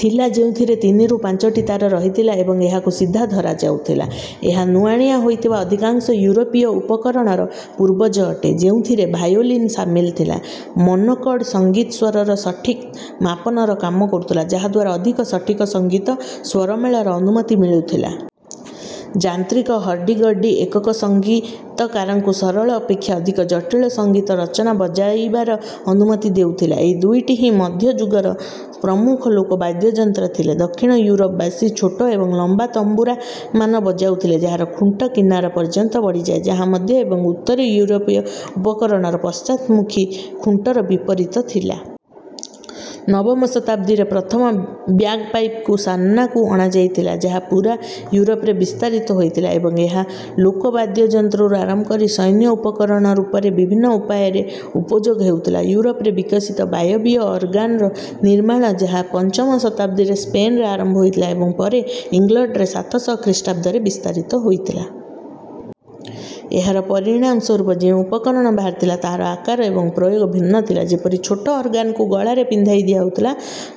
ଥିଲା ଯେଉଁଥିରେ ତିନିରୁ ପାଞ୍ଚଟି ତାର ରହିଥିଲା ଏବଂ ଏହାକୁ ସିଧା ଧରାଯାଉଥିଲା। ଏହା ନୁଆଁଣିଆ ହୋଇଥିବା ଅଧିକାଂଶ ୟୁରୋପୀୟ ଉପକରଣର ପୂର୍ବଜ ଅଟେ, ଯେଉଁଥିରେ ଭାୟୋଲିନ୍ ସାମିଲ ଥିଲା। ମନୋକର୍ଡ, ସଙ୍ଗୀତ ସ୍ୱରର ସଠିକ ମାପନର କାମ କରୁଥିଲା ଯାହାଦ୍ୱାରା ଅଧିକ ସଠିକ ସଙ୍ଗୀତ ସ୍ୱରମେଳର ଅନୁମତି ମିଳୁଥିଲା। ଯାନ୍ତ୍ରିକ ହର୍ଡି-ଗର୍ଡି, ଏକକ ସଙ୍ଗୀତକାରଙ୍କୁ ସରଳ ଅପେକ୍ଷା ଅଧିକ ଜଟିଳ ସଙ୍ଗୀତ ରଚନା ବଜାଇବାର ଅନୁମତି ଦେଉଥିଲା, ଏହି ଦୁଇଟି ହିଁ ମଧ୍ୟଯୁଗର ପ୍ରମୁଖ ଲୋକ ବାଦ୍ୟଯନ୍ତ୍ର ଥିଲେ। ଦକ୍ଷିଣ ୟୁରୋପ ବାସୀ, ଛୋଟ ଏବଂ ଲମ୍ବା ତମ୍ବୁରାମାନ ବଜାଉଥିଲେ ଯାହାର ଖୁଣ୍ଟ କିନାରା ପର୍ଯ୍ୟନ୍ତ ବଢ଼ିଥାଏ, ଯାହା ମଧ୍ୟ ଏବଂ ଉତ୍ତରୀ ୟୁରୋପୀୟ ଉପକରଣର ପଶ୍ଚାତ୍‌ମୁଖୀ ଖୁଣ୍ଟର ବିପରୀତ ଥିଲା। ନବମ ଶତାବ୍ଦୀରେ ପ୍ରଥମ ବ୍ୟାଗପାଇପ୍‌କୁ ସାମ୍ନାକୁ ଅଣାଯାଇଥିଲା ଯାହା ପୁରା ୟୁରୋପରେ ବିସ୍ତାରିତ ହୋଇଥିଲା ଏବଂ ଏହା ଲୋକ ବାଦ୍ୟଯନ୍ତ୍ରରୁ ଆରମ୍ଭ କରି ସୈନ୍ୟ ଉପକରଣ ରୂପରେ ବିଭିନ୍ନ ଉପାୟରେ ଉପଯୋଗ ହେଉଥିଲା। ୟୁରୋପରେ ବିକଶିତ ବାୟବୀୟ ଅର୍ଗାନର ନିର୍ମାଣ, ଯାହା ପଞ୍ଚମ ଶତାବ୍ଦୀରେ ସ୍ପେନ୍‌ରେ ଆରମ୍ଭ ହୋଇଥିଲା ଏବଂ ପରେ ଇଂଲଣ୍ଡରେ ସାତ ଶହ ଖ୍ରୀଷ୍ଟାବ୍ଦରେ ବିସ୍ତାରିତ ହୋଇଥିଲା। ଏହାର ପରିଣାମ ସ୍ୱରୂପ ଯେଉଁ ଉପକରଣ ବାହାରିଥିଲା ତାହାର ଆକାର ଏବଂ ପ୍ରୟୋଗ ଭିନ୍ନ ଥିଲା, ଯେପରି ଛୋଟ ଅର୍ଗାନକୁ ଗଳାରେ ପିନ୍ଧାଇ ଦିଆଯାଉଥିଲା।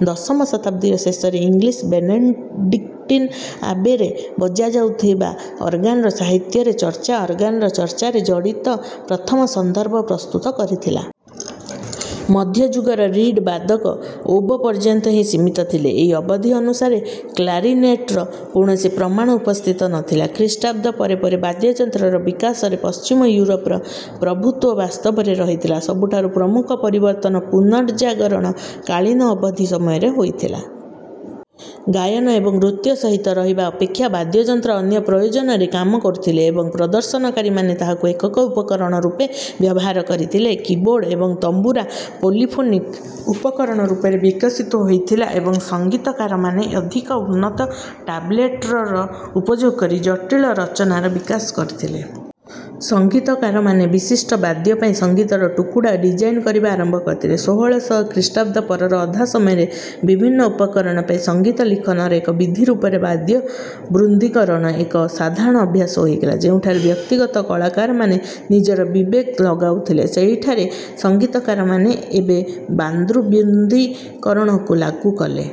ଦଶମ ଶତାବ୍ଦୀର ଶେଷରେ ଇଂଲିଶ ବେନେଡିକ୍ଟିନ୍ ଆବେରେ ବଜାଯାଉଥିବା ଅର୍ଗାନର ସାହିତ୍ୟରେ ଚର୍ଚ୍ଚା, ଅର୍ଗାନର ଚର୍ଚ୍ଚାରେ ଜଡ଼ିତ ପ୍ରଥମ ସନ୍ଦର୍ଭ ପ୍ରସ୍ତୁତ କରିଥିଲା। ମଧ୍ୟଯୁଗର ରୀଡ୍ ବାଦକ, ଓବୋ ପର୍ଯ୍ୟନ୍ତ ହିଁ ସୀମିତ ଥିଲେ, ଏହି ଅବଧି ଅନୁସାରେ କ୍ଲାରିନେଟ୍‌ର କୌଣସି ପ୍ରମାଣ ଉପସ୍ଥିତ ନଥିଲା। ଖ୍ରୀଷ୍ଟାବ୍ଦ ପରେ ପରେ ବାଦ୍ୟଯନ୍ତ୍ରର ବିକାଶରେ ପଶ୍ଚିମ ୟୁରୋପର ପ୍ରଭୁତ୍ୱ ବାସ୍ତବରେ ରହିଥିଲା। ସବୁଠାରୁ ପ୍ରମୁଖ ପରିବର୍ତ୍ତନ ପୁନର୍ଜାଗରଣ କାଳୀନ ଅବଧି ସମୟରେ ହୋଇଥିଲା। ଗାୟନ ଏବଂ ନୃତ୍ୟ ସହିତ ରହିବା ଅପେକ୍ଷା ବାଦ୍ୟଯନ୍ତ୍ର ଅନ୍ୟ ପ୍ରୟୋଜନରେ କାମ କରିଥିଲେ ଏବଂ ପ୍ରଦର୍ଶନକାରୀମାନେ ତାହାକୁ ଏକକ ଉପକରଣ ରୂପେ ବ୍ୟବହାର କରିଥିଲେ। କିବୋର୍ଡ ଏବଂ ତମ୍ବୁରା, ପୋଲିଫୋନିକ୍ ଉପକରଣ ରୂପରେ ବିକଶିତ ହୋଇଥିଲା ଏବଂ ସଙ୍ଗୀତକାରମାନେ ଅଧିକ ଉନ୍ନତ ଟାବଲେଟର ଉପଯୋଗ କରି ଜଟିଳ ରଚନାର ବିକାଶ କରିଥିଲେ। ସଙ୍ଗୀତକାରମାନେ, ବିଶିଷ୍ଟ ବାଦ୍ୟ ପାଇଁ ସଙ୍ଗୀତର ଟୁକୁଡ଼ା ଡିଜାଇନ କରିବା ଆରମ୍ଭ କରିଥିଲେ। ଷୋହଳ ଶହ ଖ୍ରୀଷ୍ଟାବ୍ଦ ପରର ଅଧା ସମୟରେ, ବିଭିନ୍ନ ଉପକରଣ ପାଇଁ ସଙ୍ଗୀତ ଲିଖନର ଏକ ବିଧି ରୂପରେ ବାଦ୍ୟବୃନ୍ଦୀକରଣ ଏକ ସାଧାରଣ ଅଭ୍ୟାସ ହୋଇଗଲା, ଯେଉଁଠାରେ ବ୍ୟକ୍ତିଗତ କଳାକାରମାନେ ନିଜର ବିବେକ ଲଗାଉଥିଲେ, ସେହିଠାରେ ସଙ୍ଗୀତକାରମାନେ ଏବେ ବାଦ୍ୟବୃନ୍ଦୀକରଣକୁ ଲାଗୁ କଲେ।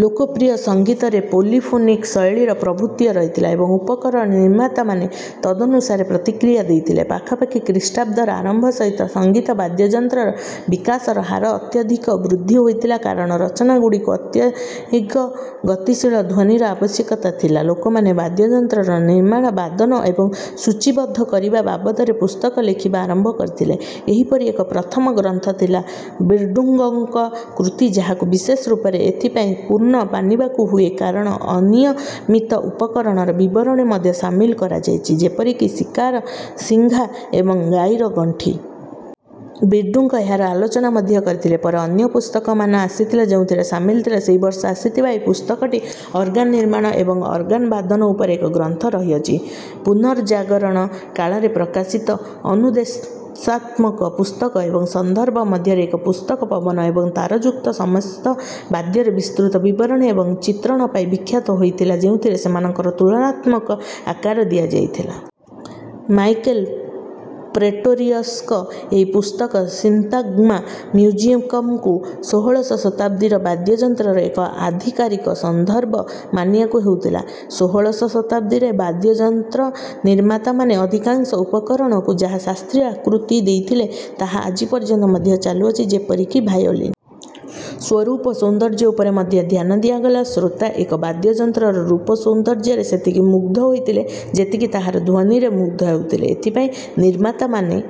ଲୋକପ୍ରିୟ ସଙ୍ଗୀତରେ ପୋଲିଫୋନିକ୍ ଶୈଳୀର ପ୍ରଭୁତ୍ୱ ରହିଥିଲା ଏବଂ ଉପକରଣ ନିର୍ମାତାମାନେ ତଦନୁସାରେ ପ୍ରତିକ୍ରିୟା ଦେଇଥିଲେ। ପାଖାପାଖି ଖ୍ରୀଷ୍ଟାବ୍ଦର ଆରମ୍ଭ ସହିତ, ସଙ୍ଗୀତ ବାଦ୍ୟଯନ୍ତ୍ରର ବିକାଶର ହାର ଅତ୍ୟଧିକ ବୃଦ୍ଧି ହୋଇଥିଲା କାରଣ ରଚନାଗୁଡ଼ିକୁ ଅଧିକ ଗତିଶୀଳ ଧ୍ୱନିର ଆବଶ୍ୟକତା ଥିଲା। ଲୋକମାନେ ବାଦ୍ୟଯନ୍ତ୍ରର ନିର୍ମାଣ, ବାଦନ ଏବଂ ସୂଚୀବଦ୍ଧ କରିବା ବାବଦରେ ପୁସ୍ତକ ଲେଖିବା ଆରମ୍ଭ କରିଥିଲେ, ଏହିପରି ଏକ ପ୍ରଥମ ଗ୍ରନ୍ଥ ଥିଲା ବିର୍ଡୁଙ୍ଗଙ୍କ କୃତି ଯାହାକୁ ବିଶେଷ ରୂପରେ ଏଥିପାଇଁ ପୂର୍ଣ୍ଣ ମାନିବାକୁ ହୁଏ କାରଣ ଅନିୟମିତ ଉପକରଣର ବିବରଣୀ ମଧ୍ୟ ସାମିଲ କରାଯାଇଛି, ଯେପରି କି ଶିକାର ଶିଙ୍ଘା ଏବଂ ଗାଈର ଘଣ୍ଟି। ବିର୍ଡୁଙ୍ଗ ଏହାର ଆଲୋଚନା ମଧ୍ୟ କରିଥିଲେ, ପରେ ଅନ୍ୟ ପୁସ୍ତକମାନ ଆସିଥିଲା ଯେଉଁଥିରେ ସାମିଲ ଥିଲା ସେହି ବର୍ଷ ଆସିଥିବା ଏହି ପୁସ୍ତକଟି ଅର୍ଗାନ ନିର୍ମାଣ ଏବଂ ଅର୍ଗାନ ବାଦନ ଉପରେ ଏକ ଗ୍ରନ୍ଥ ରହିଅଛି। ପୁନର୍ଜାଗରଣ କାଳରେ ପ୍ରକାଶିତ, ଅନୁଦେଶାତ୍ମକ ପୁସ୍ତକ ଏବଂ ସନ୍ଦର୍ଭ ମଧ୍ୟରେ ଏକ ପୁସ୍ତକ ପବନ ଏବଂ ତାରଯୁକ୍ତ ସମସ୍ତ ବାଦ୍ୟର ବିସ୍ତୃତ ବିବରଣୀ ଏବଂ ଚିତ୍ରଣ ପାଇଁ ବିଖ୍ୟାତ ହୋଇଥିଲା ଯେଉଁଥିରେ ସେମାନଙ୍କର ତୁଳନାତ୍ମକ ଆକାର ଦିଆଯାଇଥିଲା। ମାଇକେଲ ପ୍ରେଟୋରିଅସଙ୍କ ଏହି ପୁସ୍ତକ ସିନ୍ତାଗ୍ମା ମ୍ୟୁଜିକମ୍‌କୁ ଷୋହଳଶ ଶତାବ୍ଦୀର ବାଦ୍ୟଯନ୍ତ୍ରର ଏକ ଆଧିକାରିକ ସନ୍ଦର୍ଭ ମାନିବାକୁ ହେଉଥିଲା। ଷୋହଳଶ ଶତାବ୍ଦୀରେ, ବାଦ୍ୟଯନ୍ତ୍ର ନିର୍ମାତାମାନେ ଅଧିକାଂଶ ଉପକରଣକୁ ଯାହା ଶାସ୍ତ୍ରୀୟ ଆକୃତି ଦେଇଥିଲେ, ତାହା ଆଜି ପର୍ଯ୍ୟନ୍ତ ମଧ୍ୟ ଚାଲୁ ଅଛି, ଯେପରି କି ଭାୟୋଲିନ୍। ସ୍ୱରୂପ ସୌନ୍ଦର୍ଯ୍ୟ ଉପରେ ମଧ୍ୟ ଧ୍ୟାନ ଦିଆଗଲା, ଶ୍ରୋତା ଏକ ବାଦ୍ୟଯନ୍ତ୍ରର ରୂପ ସୌନ୍ଦର୍ଯ୍ୟରେ ସେତିକି ମୁଗ୍ଧ ହୋଇଥିଲେ ଯେତିକି ତାହାର ଧ୍ୱନିରେ ମୁଗ୍ଧ ହେଉଥିଲେ। ଏଥିପାଇଁ ନିର୍ମାତାମାନେ